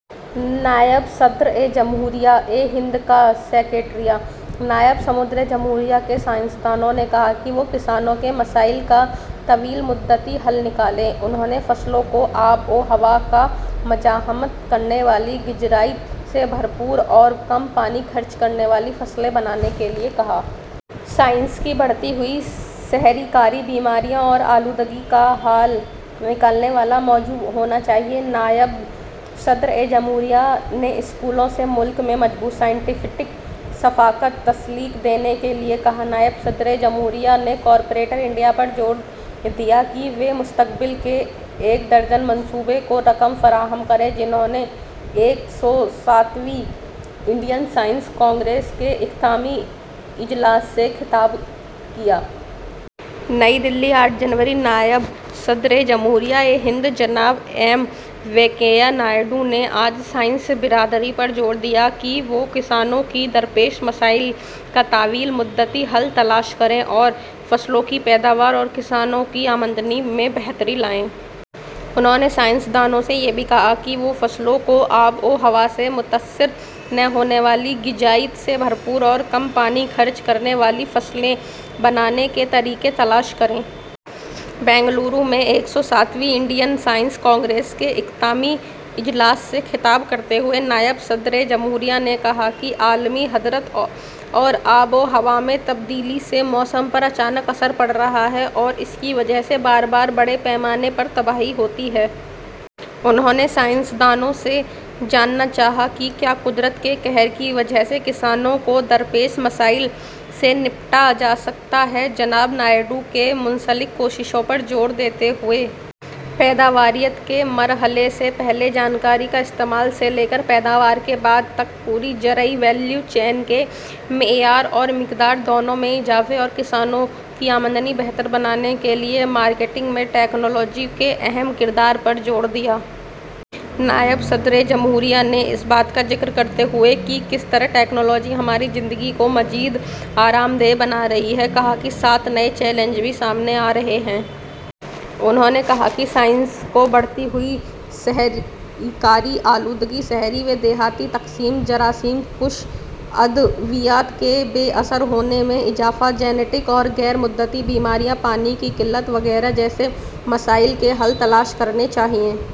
نائب صدر جمہوریہ ہند کا سکریٹریٹ نائب صدر جمہوریہ نے سائنس دانوں سے کہا کہ وہ کسانوں کے مسائل کا طویل مدتی حل نکالیں انہوں نے فصلوں کو آب و ہوا کا مزاحم، غذائیت سے بھرپور اور کم پانی خرچ کرنے والی فصلیں بنانے کے لیے کہا۔ سائنس کو بڑھتی ہوئی شہری کاری، بیماریوں اور آلودگی کا حل نکالنے والا موضوع ہونا چاہیے نائب صدر جمہوریہ نے اسکولوں سے ملک میں مضبوط سائنسی ثقافت تشکیل دینے کے لیے کہا نائب صدر جمہوریہ نے کارپوریٹ انڈیا پر زور دیا کہ وہ مستقبل کے ایک درجن منصوبوں کو رقم فراہم کریں انہوں نے ایک سو ساتویں انڈین سائنس کانگریس کے اختتامی اجلاس سے خطاب کیا۔ نئی دہلی، آٹھ جنوری: نائب صدر جمہوریہ ہند جناب ایم وینکیا نائیڈو نے آج سائنسی برادری پر زور دیا کہ وہ کسانوں کو درپیش مسائل کا طویل مدتی حل تلاش کریں اور فصلوں کی پیداوار اور کسانوں کی آمدنی میں بہتری لائیں۔ انہوں نے سائنس دانوں سے یہ بھی کہا کہ وہ فصلوں کو آب و ہوا سے متاثر نہ ہونے والی، غذائیت سے بھرپور اور کم پانی خرچ کرنے والی فصلیں بنانے کے طریقے تلاش کریں۔ بنگلورو میں ایک سو ساتویں انڈین سائنس کانگریس کے اختتامی اجلاس سے خطاب کرتے ہوئے نائب صدر جمہوریہ نے کہا کہ عالمی حدت اور آب و ہوا میں تبدیلی سے موسم پر اچانک اثر پڑ رہا ہے اور اس کی وجہ سے بار بار بڑے پیمانے پر تباہی ہوتی ہے۔ انہوں نے سائنس دانوں سے جاننا چاہا کہ کیا قدرت کے قہر کی وجہ سے کسانوں کو درپیش مسائل سے نمٹا جا سکتا ہے۔ جناب نائیڈو نے مربوط کوششوں پر زور دیتے ہوئے پیداواریت کے مرحلے سے پہلے جانکاری کے استعمال سے لے کر پیداوار کے بعد تک پوری زرعی ویلیو چین کے معیار اور مقدار، دونوں میں اضافے اور کسانوں کی آمدنی بہتر بنانے کے لیے مارکیٹنگ میں ٹیکنالوجی کے اہم کردار پر زور دیا۔ نائب صدر جمہوریہ نے اس بات کا ذکر کرتے ہوئے کہ کس طرح ٹیکنالوجی ہماری زندگیوں کو مزید آرام دہ بنا رہی ہے، کہا کہ سات نئے چیلنج بھی سامنے آ رہے ہیں۔ انہوں نے کہا کہ سائنس کو بڑھتی ہوئی شہری کاری، آلودگی، شہری و دیہی تقسیم، جراثیم کش ادویات کے بے اثر ہونے میں اضافہ، جینیاتی اور غیر متعدی بیماریوں، پانی کی قلت وغیرہ جیسے مسائل کے حل تلاش کرنے چاہئیں۔